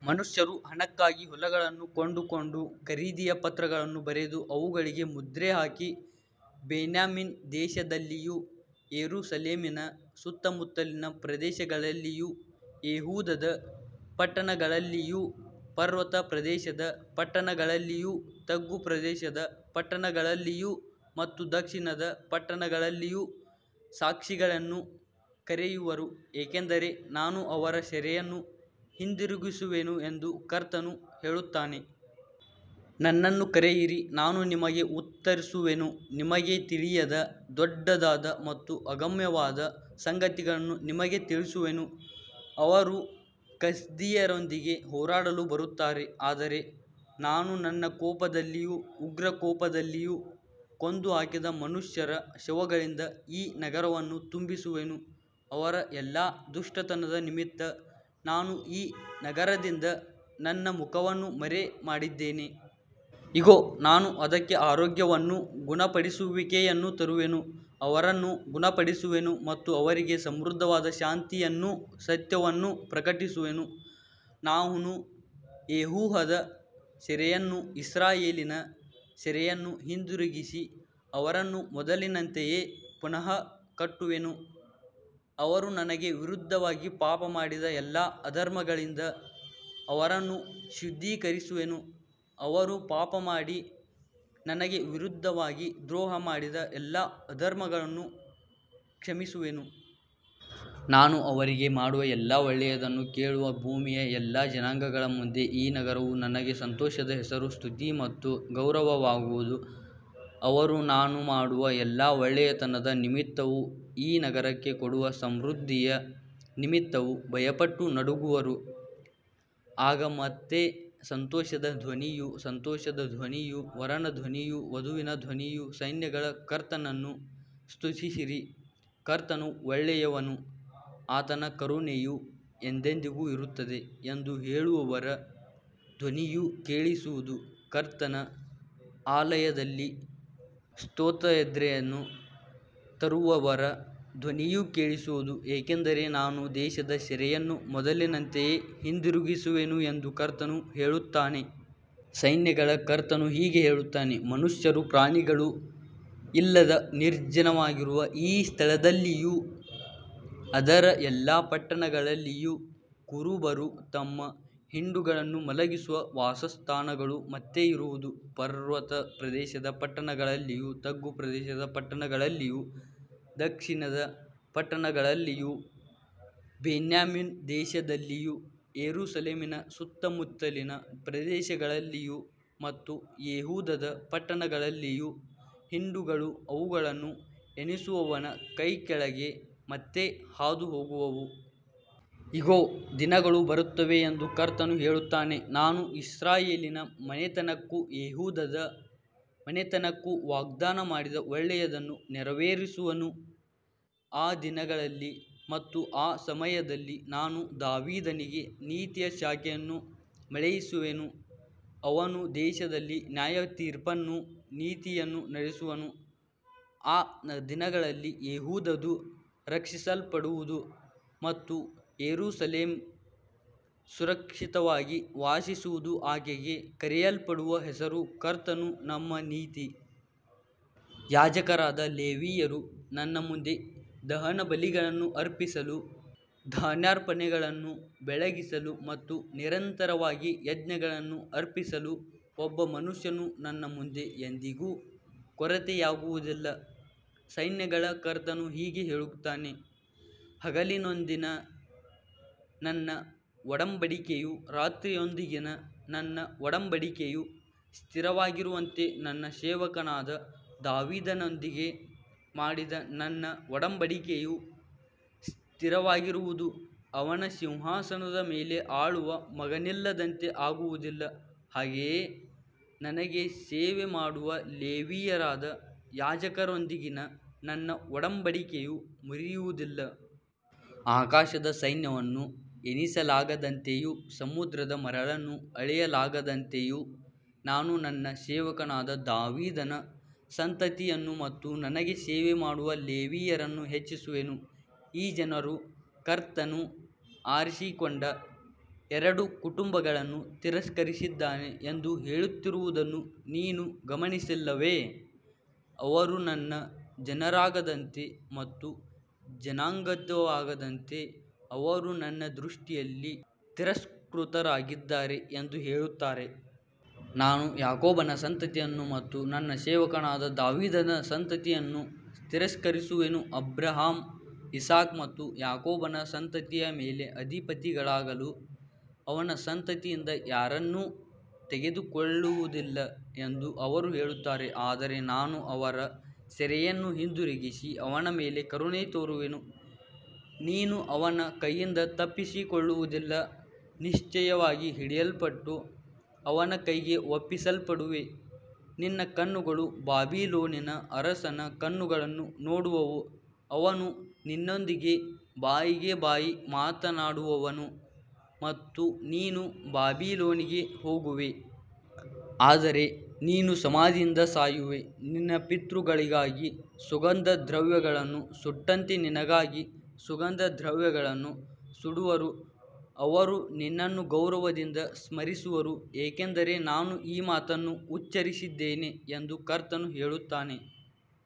ಮನುಷ್ಯರು ಹಣಕ್ಕಾಗಿ ಹೊಲಗಳನ್ನು ಕೊಂಡುಕೊಂಡು, ಖರೀದಿಯ ಪತ್ರಗಳನ್ನು ಬರೆದು, ಅವುಗಳಿಗೆ ಮುದ್ರೆ ಹಾಕಿ, ಬೆನ್ಯಾಮೀನ್ ದೇಶದಲ್ಲಿಯೂ, ಯೆರೂಸಲೇಮಿನ ಸುತ್ತಮುತ್ತಲಿನ ಪ್ರದೇಶಗಳಲ್ಲಿಯೂ, ಯೆಹೂದದ ಪಟ್ಟಣಗಳಲ್ಲಿಯೂ, ಪರ್ವತ ಪ್ರದೇಶದ ಪಟ್ಟಣಗಳಲ್ಲಿಯೂ, ತಗ್ಗು ಪ್ರದೇಶದ ಪಟ್ಟಣಗಳಲ್ಲಿಯೂ ಮತ್ತು ದಕ್ಷಿಣದ ಪಟ್ಟಣಗಳಲ್ಲಿಯೂ ಸಾಕ್ಷಿಗಳನ್ನು ಕರೆಯುವರು, ಏಕೆಂದರೆ ನಾನು ಅವರ ಸೆರೆಯನ್ನು ಹಿಂದಿರುಗಿಸುವೆನು ಎಂದು ಕರ್ತನು ಹೇಳುತ್ತಾನೆ. ನನ್ನನ್ನು ಕರೆಯಿರಿ, ನಾನು ನಿಮಗೆ ಉತ್ತರಿಸುವೆನು, ನಿಮಗೆ ತಿಳಿಯದ ದೊಡ್ಡದಾದ ಮತ್ತು ಅಗಮ್ಯವಾದ ಸಂಗತಿಗಳನ್ನು ನಿಮಗೆ ತಿಳಿಸುವೆನು. ಅವರು ಕಸ್ದೀಯರೊಂದಿಗೆ ಹೋರಾಡಲು ಬರುತ್ತಾರೆ, ಆದರೆ ನಾನು ನನ್ನ ಕೋಪದಲ್ಲಿಯೂ ಉಗ್ರಕೋಪದಲ್ಲಿಯೂ ಕೊಂದುಹಾಕಿದ ಮನುಷ್ಯರ ಶವಗಳಿಂದ ಈ ನಗರವನ್ನು ತುಂಬಿಸುವೆನು, ಅವರ ಎಲ್ಲಾ ದುಷ್ಟತನದ ನಿಮಿತ್ತ ನಾನು ಈ ನಗರದಿಂದ ನನ್ನ ಮುಖವನ್ನು ಮರೆಮಾಡಿದ್ದೇನೆ. ಇಗೋ, ನಾನು ಅದಕ್ಕೆ ಆರೋಗ್ಯವನ್ನೂ ಗುಣಪಡಿಸುವಿಕೆಯನ್ನೂ ತರುವೆನು, ಅವರನ್ನು ಗುಣಪಡಿಸುವೆನು ಮತ್ತು ಅವರಿಗೆ ಸಮೃದ್ಧವಾದ ಶಾಂತಿಯನ್ನೂ ಸತ್ಯವನ್ನೂ ಪ್ರಕಟಿಸುವೆನು. ನಾನು ಯೆಹೂದದ ಸೆರೆಯನ್ನೂ ಇಸ್ರಾಯೇಲಿನ ಸೆರೆಯನ್ನೂ ಹಿಂದಿರುಗಿಸಿ, ಅವರನ್ನು ಮೊದಲಿನಂತೆಯೇ ಪುನಃ ಕಟ್ಟುವೆನು. ಅವರು ನನಗೆ ವಿರುದ್ಧವಾಗಿ ಪಾಪಮಾಡಿದ ಎಲ್ಲಾ ಅಧರ್ಮಗಳಿಂದ ಅವರನ್ನು ಶುದ್ಧೀಕರಿಸುವೆನು, ಅವರು ಪಾಪಮಾಡಿ ನನಗೆ ವಿರುದ್ಧವಾಗಿ ದ್ರೋಹಮಾಡಿದ ಎಲ್ಲಾ ಅಧರ್ಮಗಳನ್ನು ಕ್ಷಮಿಸುವೆನು. ನಾನು ಅವರಿಗೆ ಮಾಡುವ ಎಲ್ಲಾ ಒಳ್ಳೆಯದನ್ನು ಕೇಳುವ ಭೂಮಿಯ ಎಲ್ಲಾ ಜನಾಂಗಗಳ ಮುಂದೆ ಈ ನಗರವು ನನಗೆ ಸಂತೋಷದ ಹೆಸರು, ಸ್ತುತಿ ಮತ್ತು ಗೌರವವಾಗುವುದು, ಅವರು ನಾನು ಮಾಡುವ ಎಲ್ಲಾ ಒಳ್ಳೆಯತನದ ನಿಮಿತ್ತವೂ ಈ ನಗರಕ್ಕೆ ಕೊಡುವ ಸಮೃದ್ಧಿಯ ನಿಮಿತ್ತವೂ ಭಯಪಟ್ಟು ನಡುಗುವರು. ಆಗ ಮತ್ತೆ ಸಂತೋಷದ ಧ್ವನಿಯೂ ಸಂತೋಷದ ಧ್ವನಿಯೂ, ವರನ ಧ್ವನಿಯೂ ವಧುವಿನ ಧ್ವನಿಯೂ, ಸೈನ್ಯಗಳ ಕರ್ತನನ್ನು ಸ್ತುತಿಸಿರಿ, ಕರ್ತನು ಒಳ್ಳೆಯವನು, ಆತನ ಕರುಣೆಯು ಎಂದೆಂದಿಗೂ ಇರುತ್ತದೆ ಎಂದು ಹೇಳುವವರ ಧ್ವನಿಯೂ ಕೇಳಿಸುವುದು, ಕರ್ತನ ಆಲಯದಲ್ಲಿ ಸ್ತೋತ್ರಯಜ್ಞವನ್ನು ತರುವವರ ಧ್ವನಿಯೂ ಕೇಳಿಸುವುದು, ಏಕೆಂದರೆ ನಾನು ದೇಶದ ಸೆರೆಯನ್ನು ಮೊದಲಿನಂತೆಯೇ ಹಿಂದಿರುಗಿಸುವೆನು ಎಂದು ಕರ್ತನು ಹೇಳುತ್ತಾನೆ. ಸೈನ್ಯಗಳ ಕರ್ತನು ಹೀಗೆ ಹೇಳುತ್ತಾನೆ, ಮನುಷ್ಯರೂ ಪ್ರಾಣಿಗಳೂ ಇಲ್ಲದೆ ನಿರ್ಜನವಾಗಿರುವ ಈ ಸ್ಥಳದಲ್ಲಿಯೂ ಅದರ ಎಲ್ಲಾ ಪಟ್ಟಣಗಳಲ್ಲಿಯೂ, ಕುರುಬರು ತಮ್ಮ ಹಿಂಡುಗಳನ್ನು ಮಲಗಿಸುವ ವಾಸಸ್ಥಾನಗಳು ಮತ್ತೆ ಇರುವುದು. ಪರ್ವತ ಪ್ರದೇಶದ ಪಟ್ಟಣಗಳಲ್ಲಿಯೂ, ತಗ್ಗು ಪ್ರದೇಶದ ಪಟ್ಟಣಗಳಲ್ಲಿಯೂ, ದಕ್ಷಿಣದ ಪಟ್ಟಣಗಳಲ್ಲಿಯೂ, ಬೆನ್ಯಾಮೀನ್ ದೇಶದಲ್ಲಿಯೂ, ಯೆರೂಸಲೇಮಿನ ಸುತ್ತಮುತ್ತಲಿನ ಪ್ರದೇಶಗಳಲ್ಲಿಯೂ ಮತ್ತು ಯೆಹೂದದ ಪಟ್ಟಣಗಳಲ್ಲಿಯೂ ಹಿಂಡುಗಳು ಅವುಗಳನ್ನು ಎಣಿಸುವವನ ಕೈಕೆಳಗೆ ಮತ್ತೆ ಹಾದುಹೋಗುವವು. ಇಗೋ, ದಿನಗಳು ಬರುತ್ತವೆ ಎಂದು ಕರ್ತನು ಹೇಳುತ್ತಾನೆ, ನಾನು ಇಸ್ರಾಯೇಲಿನ ಮನೆತನಕ್ಕೂ ಯೆಹೂದದ ಮನೆತನಕ್ಕೂ ವಾಗ್ದಾನ ಮಾಡಿದ ಒಳ್ಳೆಯದನ್ನು ನೆರವೇರಿಸುವೆನು. ಆ ದಿನಗಳಲ್ಲಿ ಮತ್ತು ಆ ಸಮಯದಲ್ಲಿ ನಾನು ದಾವೀದನಿಗೆ ನೀತಿಯ ಶಾಖೆಯನ್ನು ಮೊಳೆಯಿಸುವೆನು, ಅವನು ದೇಶದಲ್ಲಿ ನ್ಯಾಯತೀರ್ಪನ್ನೂ ನೀತಿಯನ್ನೂ ನಡೆಸುವನು. ಆ ದಿನಗಳಲ್ಲಿ ಯೆಹೂದವು ರಕ್ಷಿಸಲ್ಪಡುವುದು ಮತ್ತು ಯೆರೂಸಲೇಮ್ ಸುರಕ್ಷಿತವಾಗಿ ವಾಸಿಸುವುದು, ಆಕೆಗೆ ಕರೆಯಲ್ಪಡುವ ಹೆಸರು, ಕರ್ತನು ನಮ್ಮ ನೀತಿ. ಯಾಜಕರಾದ ಲೇವಿಯರು ನನ್ನ ಮುಂದೆ ದಹನಬಲಿಗಳನ್ನು ಅರ್ಪಿಸಲು, ಧಾನ್ಯಾರ್ಪಣೆಗಳನ್ನು ಬೆಳಗಿಸಲು ಮತ್ತು ನಿರಂತರವಾಗಿ ಯಜ್ಞಗಳನ್ನು ಅರ್ಪಿಸಲು ಒಬ್ಬ ಮನುಷ್ಯನು ನನ್ನ ಮುಂದೆ ಎಂದಿಗೂ ಕೊರತೆಯಾಗುವುದಿಲ್ಲ. ಸೈನ್ಯಗಳ ಕರ್ತನು ಹೀಗೆ ಹೇಳುತ್ತಾನೆ, ಹಗಲಿನೊಂದಿಗಿನ ನನ್ನ ಒಡಂಬಡಿಕೆಯೂ ರಾತ್ರಿಯೊಂದಿಗಿನ ನನ್ನ ಒಡಂಬಡಿಕೆಯೂ ಸ್ಥಿರವಾಗಿರುವಂತೆ, ನನ್ನ ಸೇವಕನಾದ ದಾವೀದನೊಂದಿಗೆ ಮಾಡಿದ ನನ್ನ ಒಡಂಬಡಿಕೆಯೂ ಸ್ಥಿರವಾಗಿರುವುದು, ಅವನ ಸಿಂಹಾಸನದ ಮೇಲೆ ಆಳುವ ಮಗನಿಲ್ಲದಂತೆ ಆಗುವುದಿಲ್ಲ, ಹಾಗೆಯೇ ನನಗೆ ಸೇವೆ ಮಾಡುವ ಲೇವಿಯರಾದ ಯಾಜಕರೊಂದಿಗಿನ ನನ್ನ ಒಡಂಬಡಿಕೆಯೂ ಮುರಿಯುವುದಿಲ್ಲ. ಆಕಾಶದ ಸೈನ್ಯವನ್ನು ಎಣಿಸಲಾಗದಂತೆಯೂ ಸಮುದ್ರದ ಮರಳನ್ನು ಅಳೆಯಲಾಗದಂತೆಯೂ ನಾನು ನನ್ನ ಸೇವಕನಾದ ದಾವೀದನ ಸಂತತಿಯನ್ನು ಮತ್ತು ನನಗೆ ಸೇವೆ ಮಾಡುವ ಲೇವಿಯರನ್ನು ಹೆಚ್ಚಿಸುವೆನು. ಈ ಜನರು, ಕರ್ತನು ಆರಿಸಿಕೊಂಡ ಎರಡು ಕುಟುಂಬಗಳನ್ನು ತಿರಸ್ಕರಿಸಿದ್ದಾನೆ ಎಂದು ಹೇಳುತ್ತಿರುವುದನ್ನು ನೀನು ಗಮನಿಸಿಲ್ಲವೇ, ಅವರು ನನ್ನ ಜನರಾಗದಂತೆ ಮತ್ತು ಜನಾಂಗವಾಗದಂತೆ ಅವರು ನನ್ನ ದೃಷ್ಟಿಯಲ್ಲಿ ತಿರಸ್ಕೃತರಾಗಿದ್ದಾರೆ ಎಂದು ಹೇಳುತ್ತಾರೆ. ನಾನು ಯಾಕೋಬನ ಸಂತತಿಯನ್ನು ಮತ್ತು ನನ್ನ ಸೇವಕನಾದ ದಾವೀದನ ಸಂತತಿಯನ್ನು ತಿರಸ್ಕರಿಸುವೆನು, ಅಬ್ರಹಾಮ, ಇಸಾಕ ಮತ್ತು ಯಾಕೋಬನ ಸಂತತಿಯ ಮೇಲೆ ಅಧಿಪತಿಗಳಾಗಲು ಅವನ ಸಂತತಿಯಿಂದ ಯಾರನ್ನೂ ತೆಗೆದುಕೊಳ್ಳುವುದಿಲ್ಲ ಎಂದು ಅವರು ಹೇಳುತ್ತಾರೆ. ಆದರೆ ನಾನು ಅವರ ಸೆರೆಯನ್ನು ಹಿಂದಿರುಗಿಸಿ, ಅವರ ಮೇಲೆ ಕರುಣೆ ತೋರುವೆನು. ನೀನು ಅವನ ಕೈಯಿಂದ ತಪ್ಪಿಸಿಕೊಳ್ಳುವುದಿಲ್ಲ, ನಿಶ್ಚಯವಾಗಿ ಹಿಡಿಯಲ್ಪಟ್ಟು ಅವನ ಕೈಗೆ ಒಪ್ಪಿಸಲ್ಪಡುವೆ, ನಿನ್ನ ಕಣ್ಣುಗಳು ಬಾಬಿಲೋನಿನ ಅರಸನ ಕಣ್ಣುಗಳನ್ನು ನೋಡುವವು, ಅವನು ನಿನ್ನೊಂದಿಗೆ ಬಾಯಿಗೆ ಬಾಯಿ ಮಾತನಾಡುವನು ಮತ್ತು ನೀನು ಬಾಬಿಲೋನಿಗೆ ಹೋಗುವೆ. ಆದರೆ ನೀನು ಸಮಾಧಾನದಿಂದ ಸಾಯುವೆ, ನಿನ್ನ ಪಿತೃಗಳಿಗಾಗಿ ಸುಗಂಧದ್ರವ್ಯಗಳನ್ನು ಸುಟ್ಟಂತೆ ನಿನಗಾಗಿ ಸುಗಂಧದ್ರವ್ಯಗಳನ್ನು ಸುಡುವರು, ಅವರು ನಿನ್ನನ್ನು ಗೌರವದಿಂದ ಸ್ಮರಿಸುವರು, ಏಕೆಂದರೆ ನಾನು ಈ ಮಾತನ್ನು ಉಚ್ಚರಿಸಿದ್ದೇನೆ ಎಂದು ಕರ್ತನು ಹೇಳುತ್ತಾನೆ.